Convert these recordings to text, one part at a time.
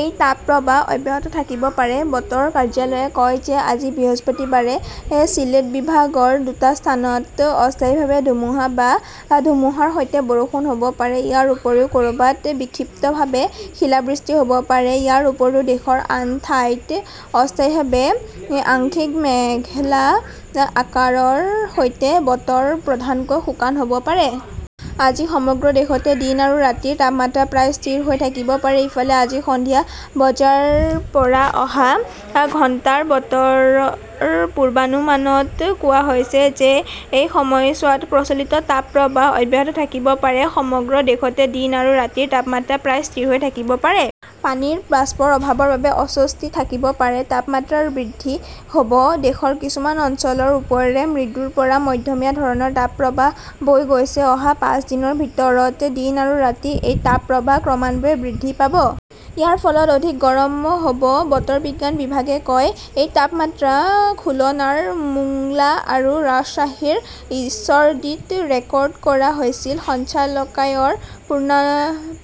এই তাপপ্ৰবাহ অব্যাহত থাকিব পাৰে। বতৰ কাৰ্যালয়ে কয় যে আজি বৃহস্পতিবাৰে চিলেট বিভাগৰ দুটা স্থানত অস্থায়ীভাৱে ধুমুহা বা ধুমুহাৰ সৈতে বৰষুণ হ'ব পাৰে। ইয়াৰ উপৰিও ক'ৰবাত বিক্ষিপ্তভাৱে শিলাবৃষ্টি হʼব পাৰে। ইয়াৰ উপৰিও, দেশৰ আন ঠাইত অস্থায়ীভাৱে আংশিক মেঘলা আকাশৰ সৈতে বতৰ প্ৰধানকৈ শুকান হ 'ব পাৰে। আজি সমগ্ৰ দেশতে দিন আৰু ৰাতিৰ তাপমাত্ৰা প্ৰায় স্থিৰ হৈ থাকিব পাৰে। ইফালে, আজি সন্ধিয়া বজাৰ পৰা অহা ঘণ্টাৰ বতৰৰ পূৰ্বানুমানত কোৱা হৈছে যে এই সময়ছোৱাত প্ৰচলিত তাপপ্ৰবাহ অব্যাহত থাকিব পাৰে। সমগ্ৰ দেশতে দিন আৰু ৰাতিৰ তাপমাত্ৰা প্ৰায় স্থিৰ হৈ থাকিব পাৰে। পানীৰ বাষ্পৰ অভাৱৰ বাবে অস্বস্তি থাকিব পাৰে। তাপমাত্ৰা আৰু বৃদ্ধি হ'ব। দেশৰ কিছুমান অঞ্চলৰ ওপৰেৰে মৃদুৰ পৰা মধ্যমীয়া ধৰণৰ তাপপ্ৰবাহ বৈ গৈছে। অহা পাঁচ দিনৰ ভিতৰত দিন আৰু ৰাতি এই তাপপ্ৰবাহ ক্ৰমান্বয়ে বৃদ্ধি পাব। ইয়াৰ ফলত অধিক গৰম হ'ব, বতৰ বিজ্ঞান বিভাগে কয়। এই তাপমাত্ৰা খুলনাৰ মোংলা আৰু ৰাজশ্বাহীৰ ঈশ্বৰদীত ৰেকৰ্ড কৰা হৈছিল। সঞ্চালকালয়ৰ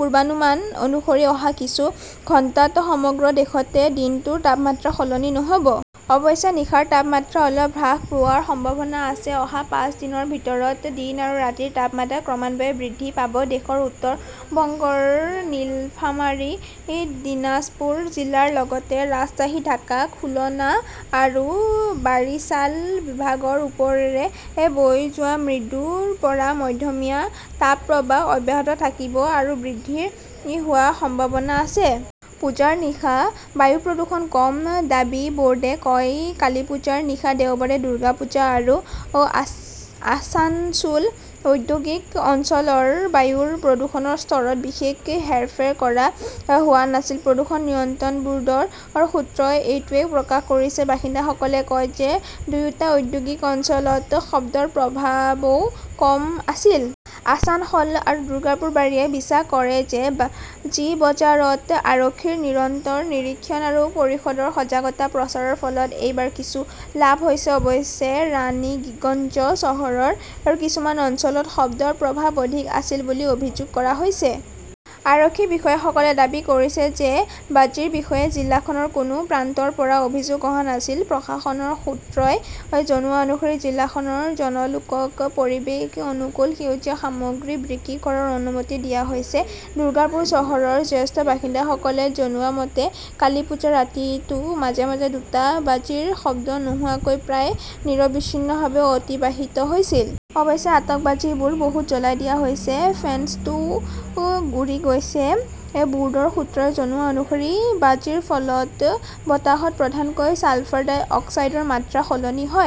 পূৰ্বানুমান অনুসৰি অহা কিছু ঘণ্টাত সমগ্ৰ দেশতে দিনটোৰ তাপমাত্ৰা সলনি নহ'ব। অৱশ্যে, নিশাৰ তাপমাত্ৰা অলপ হ্ৰাস হোৱাৰ সম্ভাৱনা আছে। অহা পাঁচ দিনৰ ভিতৰত দিন আৰু ৰাতিৰ তাপমাত্ৰা ক্ৰমান্বয়ে বৃদ্ধি পাব। দেশৰ উত্তৰ বংগৰ নীলফামাৰী, দিনাজপুৰ জিলাৰ লগতে ৰাজশ্বাহী, ঢাকা, খুলনা আৰু বাৰিছাল বিভাগৰ ওপৰেৰে বৈ যোৱা মৃদুৰ পৰা মধ্যমীয়া তাপপ্ৰবাহ অব্যাহত থাকিব আৰু বৃদ্ধি হোৱাৰ সম্ভাৱনা আছে। পূজাৰ নিশা বায়ু প্ৰদূষণ কম, দাবী ব'ৰ্ডে কয় কালিপুজাৰ নিশা দেওবাৰে দুৰ্গাপুৰ আৰু আছানছোল ঔদ্যোগিক অঞ্চলৰ বায়ুৰ প্ৰদূষণৰ স্তৰত বিশেষ হেৰফেৰ কৰা হোৱা নাছিল। প্ৰদূষণ নিয়ন্ত্ৰণ বোৰ্ডৰ সূত্ৰই এইটোৱেই প্ৰকাশ কৰিছে। বাসিন্দাসকলে কয় যে দুয়োটা ঔদ্যোগিক অঞ্চলত শব্দৰ প্ৰভাৱও কম আছিল। আছানসল আৰু দুৰ্গাপুৰবাসীয়ে বিশ্বাস কৰে যে বাজি বজাৰত আৰক্ষীৰ নিৰন্তৰ নিৰীক্ষণ আৰু পৰিষদৰ সজাগতা প্ৰচাৰৰ ফলত এইবাৰ কিছু লাভ হৈছে। অৱশ্যে, ৰাণীগঞ্জ চহৰৰ কিছুমান অঞ্চলত শব্দৰ প্ৰভাৱ অধিক আছিল বুলি অভিযোগ কৰা হৈছে। আৰক্ষী বিষয়াসকলে দাবী কৰিছে যে বাজিৰ বিষয়ে জিলাখনৰ কোনো প্ৰান্তৰ পৰা অভিযোগ অহা নাছিল। প্ৰশাসনৰ সূত্ৰই জনোৱা অনুসৰি জিলাখনৰ জন লোকক পৰিৱেশ অনুকূল সেউজীয়া সামগ্ৰী বিক্ৰী কৰাৰ অনুমতি দিয়া হৈছে। দুৰ্গাপুৰ চহৰৰ জ্যেষ্ঠ বাসিন্দাসকলে জনোৱা মতে, কালীপুজাৰ ৰাতিটো মাজে মাজে দুটা বাজিৰ শব্দ নোহোৱাকৈ প্ৰায় নিৰবিচ্ছিন্নভাৱে অতিবাহিত হৈছিল। অৱশ্যে, আতচবাজীবোৰ বহুত জ্বলাই দিয়া হৈছে। ফেনছটোও উৰি গৈছে। বোৰ্ডৰ সূত্ৰই জনোৱা অনুসৰি বাজিৰ ফলত বতাহত প্ৰধানকৈ ছালফাৰ ডাই অক্সাইডৰ মাত্ৰা সলনি হয়।